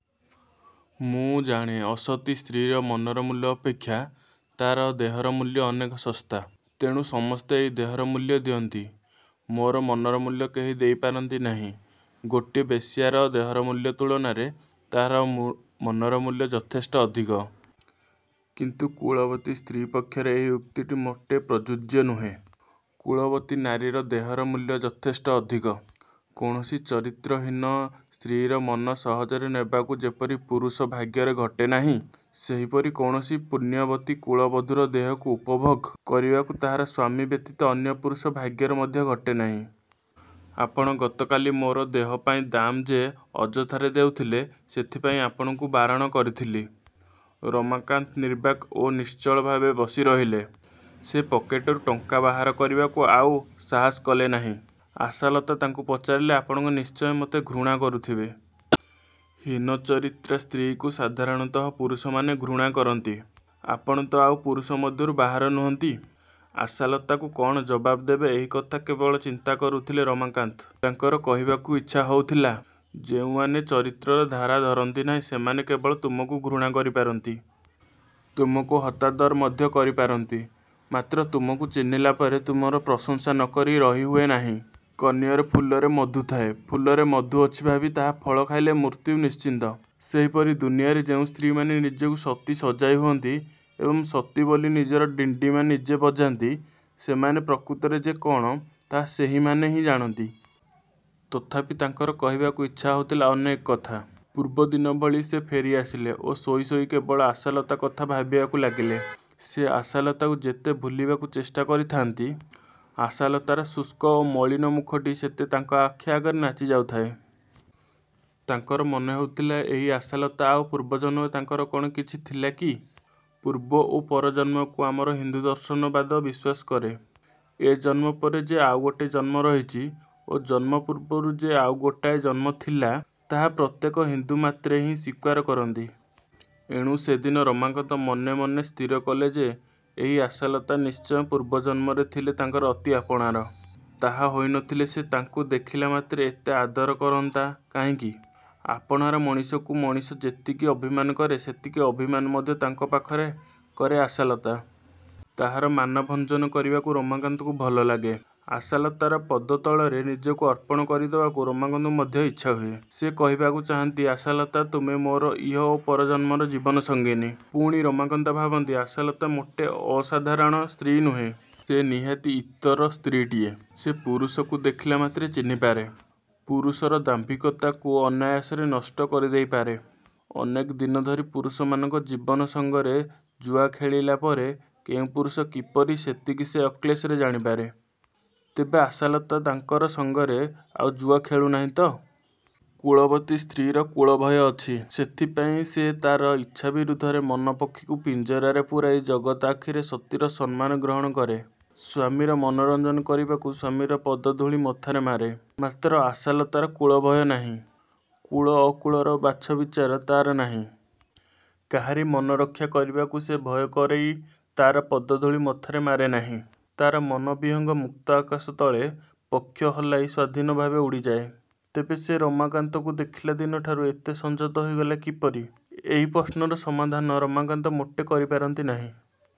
ମୁଁ ଜାଣେ ଅସତୀ ସ୍ତ୍ରୀର ମନର ମୂଲ୍ୟ ଅପେକ୍ଷା ତା'ର ଦେହର ମୂଲ୍ୟ ଅନେକ ଶସ୍ତା। ତେଣୁ ସମସ୍ତେ ଏହି ଦେହର ମୂଲ୍ୟ ଦିଅନ୍ତି। ମୋର ମନର ମୂଲ୍ୟ କେହି ଦେଇ ପାରନ୍ତି ନାହିଁ। ଗୋଟିଏ ବେଶ୍ୟାର ଦେହର ମୂଲ୍ୟ ତୁଳନାରେ ତାହାର ମନର ମୂଲ୍ୟ ଯଥେଷ୍ଟ ଅଧିକ-। କିନ୍ତୁ କୁଳବତୀ ସ୍ତ୍ରୀ ପକ୍ଷରେ ଏ ଉକ୍ତି ମୋଟେ ପ୍ରଯୋଜ୍ୟ ନୁହେଁ। କୁଳବତୀ ନାରୀର ଦେହର ମୂଲ୍ୟ ଯଥେଷ୍ଟ ଅଧିକ। କୌଣସି ଚରିତ୍ରହୀନା ସ୍ତ୍ରୀର ମନ ସହଜରେ ନେବାକୁ ଯେପରି ପୁରୁଷ ଭାଗ୍ୟରେ ଘଟେ ନାହିଁ, ସେହିପରି କୌଣସି ପୁଣ୍ୟବତୀ କୁଳବଧୂର ଦେହକୁ ଉପଭୋଗ କରିବାକୁ ତାହାର ସ୍ୱାମୀ ବ୍ୟତୀତ ଅନ୍ୟ ପୁରୁଷ ଭାଗ୍ୟରେ ମଧ୍ୟ ଘଟେ ନାହିଁ। ଆପଣ ଗତକାଲି ମୋର ଦେହ ପାଇଁ ଦାମ ଯେ ଅଯଥାରେ ଦେଉଥିଲେ ସେଥିପାଇଁ ଆପଣଙ୍କୁ ବାରଣ କରିଥିଲି। '' ରମାକାନ୍ତ ନିର୍ବାକ୍ ଓ ନିଶ୍ଚଳଭାବେ ବସିରହିଲେ। ସେ ପକେଟରୁ ଟଙ୍କା ବାହାର କରିବାକୁ ଆଉ ସାହାସ କଲେ ନାହିଁ। ଆଶାଲତା ତାଙ୍କୁ ପଚାରିଲା, ''ଆପଣ ନିଶ୍ଚୟ ମୋତେ ଘୃଣା କରୁଥିବେ? ହୀନଚରିତ୍ରା ସ୍ତ୍ରୀକୁ ସାଧାରଣତଃ ପୁରୁଷମାନେ ଘୃଣା କରନ୍ତି। ଆପଣ ତ ଆଉ ପୁରୁଷ ମଧ୍ୟରୁ ବାହାର ନୁହନ୍ତି। '' ଆଶାଲତାକୁ କ'ଣ ଜବାବ୍ ଦେବେ ଏହି କଥା ହିଁ କେବଳ ଚିନ୍ତା କରୁଥିଲେ ରମାକାନ୍ତ। ତାଙ୍କର କହିବାକୁ ଇଚ୍ଛା ହେଉଥିଲା, ଯେଉଁମାନେ ଚରିତ୍ରର ଧାର ଧାରନ୍ତି ନାହିଁ, ସେମାନେ କେବଳ ତୁମକୁ ଘୃଣା କରିପାରନ୍ତି। ତୁମକୁ। ହତାଦର ମଧ୍ୟ କରିପାରନ୍ତି। ମାତ୍ର ତୁମକୁ ଚିହ୍ନିଲା ପରେ ତୁମକୁ ପ୍ରଶଂସା ନ କରି ରହିହୁଏ ନାହିଁ। କନିଅର ଫୁଲରେ ମଧୁ ଥାଏ ଫୁଲରେ ମଧୁ ଅଛି ଭାବି ତାହାର ଫଳ ଖାଇଲେ ମୃତ୍ୟୁ ନିଶ୍ଚିତ। ସେହିପରି ଦୁନିଆରେ ଯେଉଁ ସ୍ତ୍ରୀମାନେ ନିଜକୁ ସତୀ ସଜାଇ ହୁଅନ୍ତି ଏବଂ ସତୀ ବୋଲି ନିଜର ଡିଣ୍ଡିମ ନିଜେ ବଜାନ୍ତି ସେମାନେ ପ୍ରକୃତରେ ଯେ କ'ଣ ତାହା ସେହିମାନେ ହିଁ ଜାଣନ୍ତି। ତଥାପି ତାଙ୍କର କହିବାକୁ ଇଚ୍ଛା ହେଉଥିଲା ଅନେକ କଥା। ପୂର୍ବଦିନ ଭଳି ସେ ଫେରିଆସିଲେ ଓ ଶୋଇ ଶୋଇ କେବଳ ସେ ଆଶାଲତା କଥା ଭାବିବାକୁ ଲାଗିଲେ। ସେ ଆଶାଲତାକୁ ଯେତେ ଭୁଲିଯିବାକୁ ଚେଷ୍ଟା କରୁଥାନ୍ତି, ଆଶାଲତାର ଶୁଷ୍କ ଓ ମଳିନ ମୁଖଟି ସେତେ ତାଙ୍କ ଆଖି ଆଗରେ ନାଚିଯାଉଥାଏ। ତାଙ୍କର ମନେହେଉଥିଲା ଏହି ଆଶାଲତା ଆଉ ପୂର୍ବଜନ୍ମରେ ତାଙ୍କର କ'ଣ କିଛି ଥିଲା କି? ପୂର୍ବ ଓ ପରଜନ୍ମକୁ ଆମର ହିନ୍ଦୁ ଦର୍ଶନବାଦ ବିଶ୍ୱାସ କରେ। ଏ ଜନ୍ମ ପରେ ଯେ ଆଉ ଗୋଟିଏ ଜନ୍ମ ରହିଛି ଓ ଜନ୍ମ ପୂର୍ବରୁ ଯେ ଆଉ ଗୋଟାଏ ଜନ୍ମଥିଲା, ତାହା ପ୍ରତ୍ୟେକ ହିନ୍ଦୁମାତ୍ରେ ହିଁ ସ୍ଵୀକାର କରନ୍ତି। ଏଣୁ ସେଦିନ ରମାକାନ୍ତ ମନେମନେ ସ୍ଥିରକଲେ ଯେ ଏହି ଆଶାଲତା ନିଶ୍ଚୟ ପୂର୍ବ ଜନ୍ମରେ ଥିଲା ତାଙ୍କର ଅତି ଆପଣାର। ତାହା ହୋଇନଥିଲେ ସେ ତାଙ୍କୁ ଦେଖିଲା ମାତ୍ରେ ଏତେ ଆଦର କରନ୍ତା କାହିଁକି? ଆପଣାର ମଣିଷକୁ ମଣିଷ ଯେତିକି ଅଭିମାନ କରେ ସେତିକି ଅଭିମାନ ମଧ୍ୟ ତାଙ୍କ ପାଖରେ କରେ ଆଶାଲତା। ତାହାର ମାନଭଞ୍ଜନ କରିବାକୁ ରମାକାନ୍ତକୁ ଭଲଲାଗେ। ଆଶାଲତାର ପଦତଳରେ ନିଜକୁ ଅର୍ପଣ କରିଦେବାକୁ ରମାକାନ୍ତର ମଧ୍ୟ ଇଚ୍ଛାହୁଏ। ସେ କହିବାକୁ ଚାହାଁନ୍ତି, ଆଶାଲତା! ତୁମେ ମୋର ଇହ ଓ ପର ଜନ୍ମର 'ଜୀବନ ସଙ୍ଗିନୀ। ' ପୁଣି ରମାକାନ୍ତ ଭାବନ୍ତି ଆଶାଲତା ମୋଟେ ଅସାଧାରଣ ସ୍ତ୍ରୀ ନୁହେଁ। ସେ ନିହାତି ଇତର ସ୍ତ୍ରୀଟିଏ। ସେ ପୁରୁଷକୁ ଦେଖିଲା ମାତ୍ରେ ଚିହ୍ନିପାରେ। ପୁରୁଷର ଦାମ୍ଭିକତାକୁ ସେ ଅନାୟାସରେ ନଷ୍ଟ କରିଦେଇପାରେ। ଅନେକ ଦିନ ଧରି ପୁରୁଷମାନଙ୍କ ଜୀବନ ସଙ୍ଗରେ ଜୁଆ ଖେଳିଲା ପରେ କେଉଁ ପୁରୁଷ କିପରି ସେତିକି ସେ ଅକ୍ଳେଶରେ ଜାଣିପାରେ। ତେବେ ଆଶାଲତା ତାଙ୍କ ସଙ୍ଗରେ ଆଉ ଜୁଆ ଖେଳୁନାହିଁ ତ? କୁଳବତୀ ସ୍ତ୍ରୀର କୁଳଭୟ ଅଛି। ସେଥିପାଇଁ ସେ ତା'ର ଇଚ୍ଛା ବିରୁଦ୍ଧରେ ମନପକ୍ଷୀକୁ ପିଞ୍ଜରାରେ ପୂରାଇ ଜଗତ ଆଖିରେ ସତୀର ସମ୍ମାନ ଗ୍ରହଣ କରେ। ସ୍ୱାମୀର ମନୋରଞ୍ଜନ କରିବାକୁ ସ୍ୱାମୀର ପଦଧୂଳି ମଥାରେ ମାରେ। ମାତ୍ର ଆଶାଲତାର କୁଳଭୟ ନାହିଁ। କୁଳ, ଅକୁଳର ବାଛବିଚାର ତା'ର ନାହିଁ। କାହାରି ମନରକ୍ଷା କରିବାକୁ ସେ ଭୟକରି ତା'ର ପଦଧୂଳି ମଥାରେ ମାରେନାହିଁ। ତା'ର ମନବିହଙ୍ଗ ମୁକ୍ତ ଆକାଶ ତଳେ ପକ୍ଷ ହଲାଇ ସ୍ୱାଧୀନ ଭାବେ ଉଡ଼ିଯାଏ। ତେବେ ସେ ରମାକାନ୍ତକୁ ଦେଖିଲା ଦିନଠାରୁ ଏତେ ସଂଯତ ହୋଇଗଲା କିପରି? ଏହି ପ୍ରଶ୍ନର ସମାଧାନ ରମାକାନ୍ତ ମୋଟେ କରିପାରନ୍ତି ନାହିଁ।